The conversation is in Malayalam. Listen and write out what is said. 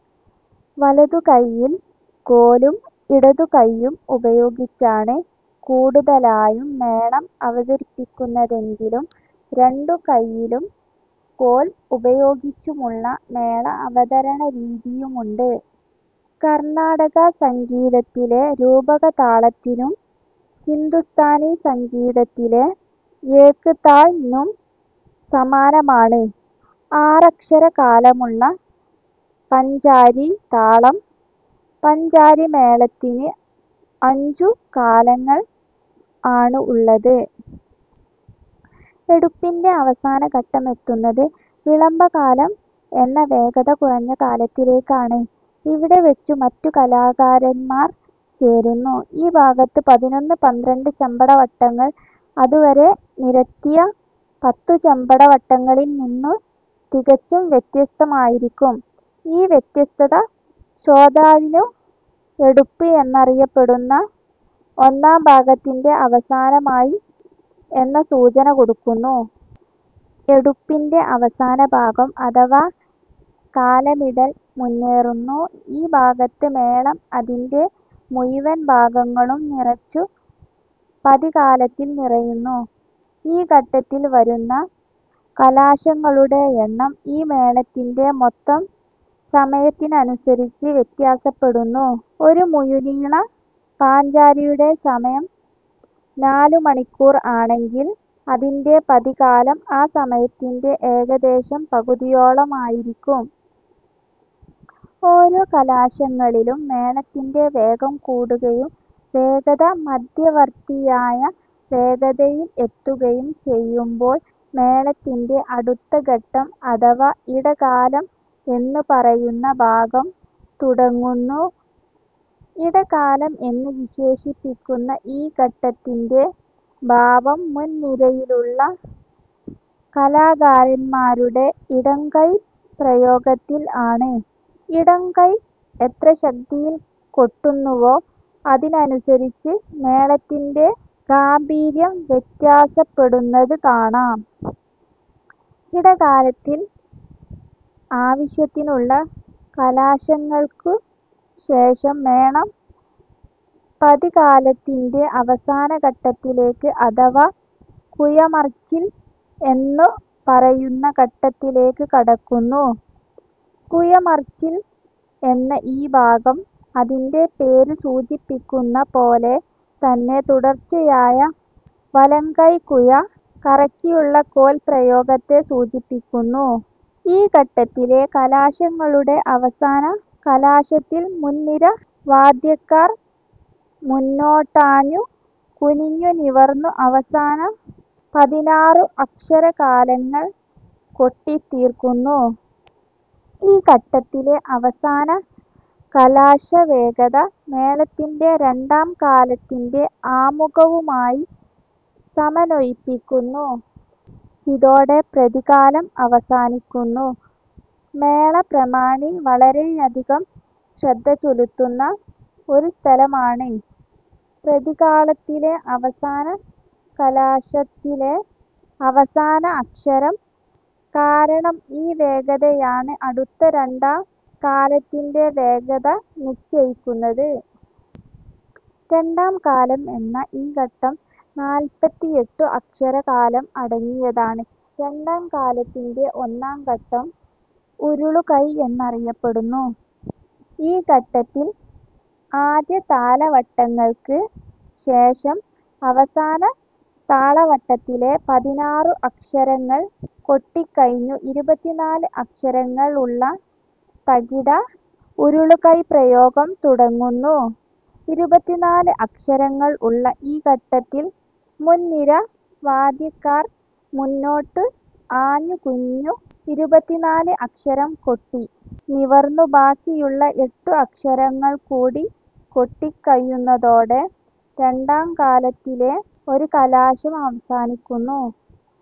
വലതു കൈയിൽ കോലും ഇടതു കൈയ്യും ഉപയോഗിച്ചാണ് കൂടുതലായും മേളം അവതരിപ്പിക്കുന്നതെങ്കിലും രണ്ടു കൈയിലും കോൽ ഉപയോഗിച്ചുമുള്ള മേള അവതരണരീതിയുമുണ്ട്. കർണ്ണാടകസംഗീതത്തിലെ രൂപകതാളത്തിനും ഹിന്ദുസ്ഥാനി സംഗീതത്തിലെ ' ഏക് താൾ 'നും സമാനമാണ് ആറക്ഷരകാലമുള്ള പഞ്ചാരി താളം. പഞ്ചാരി മേളത്തിന് അഞ്ചു കാലങ്ങൾ ആണ് ഉള്ളത്. എടുപ്പിന്റെ അവസാന ഘട്ടം എത്തുന്നത് വിളംബകാലം എന്ന വേഗത കുറഞ്ഞ കാലത്തിലേക്ക് ആണ്. ഇവിടെ വെച്ചു മറ്റു കലാകാരന്മാർ ചേരുന്നു. ഈ ഭാഗത്ത് പതിനൊന്ന് പന്ത്രണ്ട് ചെമ്പട വട്ടങ്ങൾ അതുവരെ നിരത്തിയ പത്തു ചെമ്പട വട്ടങ്ങളിൽ നിന്ന് തികച്ചും വ്യത്യസ്തം ആയിരിക്കും ഈ വ്യത്യസ്തത ശ്രോതാവിനു എടുപ്പ് എന്നറിയപ്പെടുന്ന ഒന്നാം ഭാഗത്തിന്റെ അവസാനം ആയി എന്ന സൂചന കൊടുക്കുന്നു. എടുപ്പിന്റെ അവസാനഭാഗം അഥവാ കാലമിടൽ മുന്നേറുന്നു ഈ ഭാഗത്ത് മേളം അതിന്റെ മുഴുവൻ ഭാവങ്ങളും നിറച്ചു പതികാലത്തിൽ നിറയുന്നു. ഈ ഘട്ടത്തിൽ വരുന്ന കലാശങ്ങളുടെ എണ്ണം ഈ മേളത്തിന്റെ മൊത്തം സമയത്തിനനുസരിച്ച് വ്യത്യസപെടുന്നു. ഒരു മുഴുനീള പാഞ്ചാരിയുടെ സമയം നാലു മണിക്കൂർ ആണെങ്കിൽ അതിന്റെ പതികാലം ആ സമയത്തിന്റെ ഏകദേശം പകുതിയോളം ആയിരിക്കും. ഓരോ കലാശങ്ങളിലും മേളത്തിന്റെ വേഗം കൂടുകയും വേഗത മധ്യവർത്തിയായ വേഗതയിൽ എത്തുകയും ചെയ്യുമ്പോൾ മേളത്തിന്റെ അടുത്ത ഘട്ടം അഥവാ ഇടകാലം എന്ന് പറയുന്ന ഭാഗം തുടങ്ങുന്നു ഇടകാലം എന്നു വിശേഷിപിക്കുന്ന ഈ ഘട്ടത്തിന്റെ ഭാവം മുൻ നിരയിലുള്ള കലാകാരന്മാരുടെ ഇടം കൈ പ്രയോഗത്തിൽ ആണ്. ഇടം കൈ എത്ര ശക്തിയിൽ കൊട്ടുന്നുവോ അതിനനുസരിച്ച് മേളത്തിന്റെ ഗാംഭീര്യം വ്യതസപെടുന്നത് കാണാം. ഇടകാലത്തിൽ ആവശ്യത്തിനുള്ള കലാശങ്ങൾക്ക് ശേഷം മേളം പതികാലതിന്റെ അവസാന ഘട്ടത്തിലേക്ക് അഥവാ കുഴമറിച്ചിൽ എന്ന് പറയുന്ന ഘട്ടത്തിലേക്ക് കടക്കുന്നു. കുഴമറിച്ചിൽ എന്ന ഈ ഭാഗം അതിന്റെ പേര് സൂചിപ്പിക്കുന്ന പോലെ തന്നെ തുടർച്ചയായ വലംകൈ കുഴ കറക്കിയുള്ള കോൽ പ്രയോഗത്തെ സൂചിപ്പിക്കുന്നു. ഈ ഘട്ടത്തിലെ കലാശങ്ങളുടെ അവസാന കലാശത്തിൽ മുൻനിര വാദ്യക്കാർ മുന്നോട്ടാഞ്ഞു കുനിഞ്ഞു നിവർന്നു അവസാന പതിനാറു അക്ഷരകാലങ്ങൾ കൊട്ടി തീർക്കുന്നു. ഈ ഘട്ടത്തിലെ അവസാന കലാശവേഗത മേളത്തിന്റെ രണ്ടാം കാലത്തിന്റെ ആമുഘവുമായി സമന്വയിപ്പിക്കുന്നു. ഇതോടെ പതികാലം അവസാനിക്കുന്നു. മേള പ്രമാണി വളരെയധികം ശ്രദ്ധ ചെലുത്തുന്ന ഒരു സ്ഥലം ആണ് പതികാളത്തിലെ അവസാന കലാശത്തിലെ അവസാന അക്ഷരം. കാരണം ഈ വേഗതയാണ് അടുത്ത രണ്ടാം കാലത്തിന്റെ വേഗത നിശ്ചയിക്കുന്നത്. രണ്ടാം കാലം എന്ന ഈ ഘട്ടം നാല്പതിഎട്ടു അക്ഷരകാലം അടങ്ങിയതാണ്. രണ്ടാം കാലത്തിന്റെ ഒന്നാം ഘട്ടം ഉരുളുകൈ എന്നറിയപ്പെടുന്നു. ഈ ഘട്ടത്തിൽ ആദ്യ താലവട്ടങ്ങൾക്ക് ശേഷം, അവസാന താളവട്ടത്തിലെ പതിനാറു അക്ഷരങ്ങൾ കൊട്ടിക്കഴിഞ്ഞു ഇരുപത്തിനാല് അക്ഷരങ്ങൾ ഉള്ള ത-കി-ട ഉരുളുകൈ പ്രയോഗം തുടങ്ങുന്നു. ഇരുപത്തിനാല് അക്ഷരങ്ങൾ ഉള്ള ഈ ഘട്ടത്തിൽ മുൻനിര വാദ്യക്കാർ മുന്നോട്ട് ആഞ്ഞു കുനിഞ്ഞു ഇരുപത്തിനാല് അക്ഷരം കൊട്ടി നിവർന്നു ബാക്കിയുള്ള എട്ടു അക്ഷരങ്ങൾ കൂടി കൊട്ടി കഴിയുന്നതോടെ രണ്ടാം കാലത്തിലെ ഒരു കലാശം അവസാനിക്കുന്നു.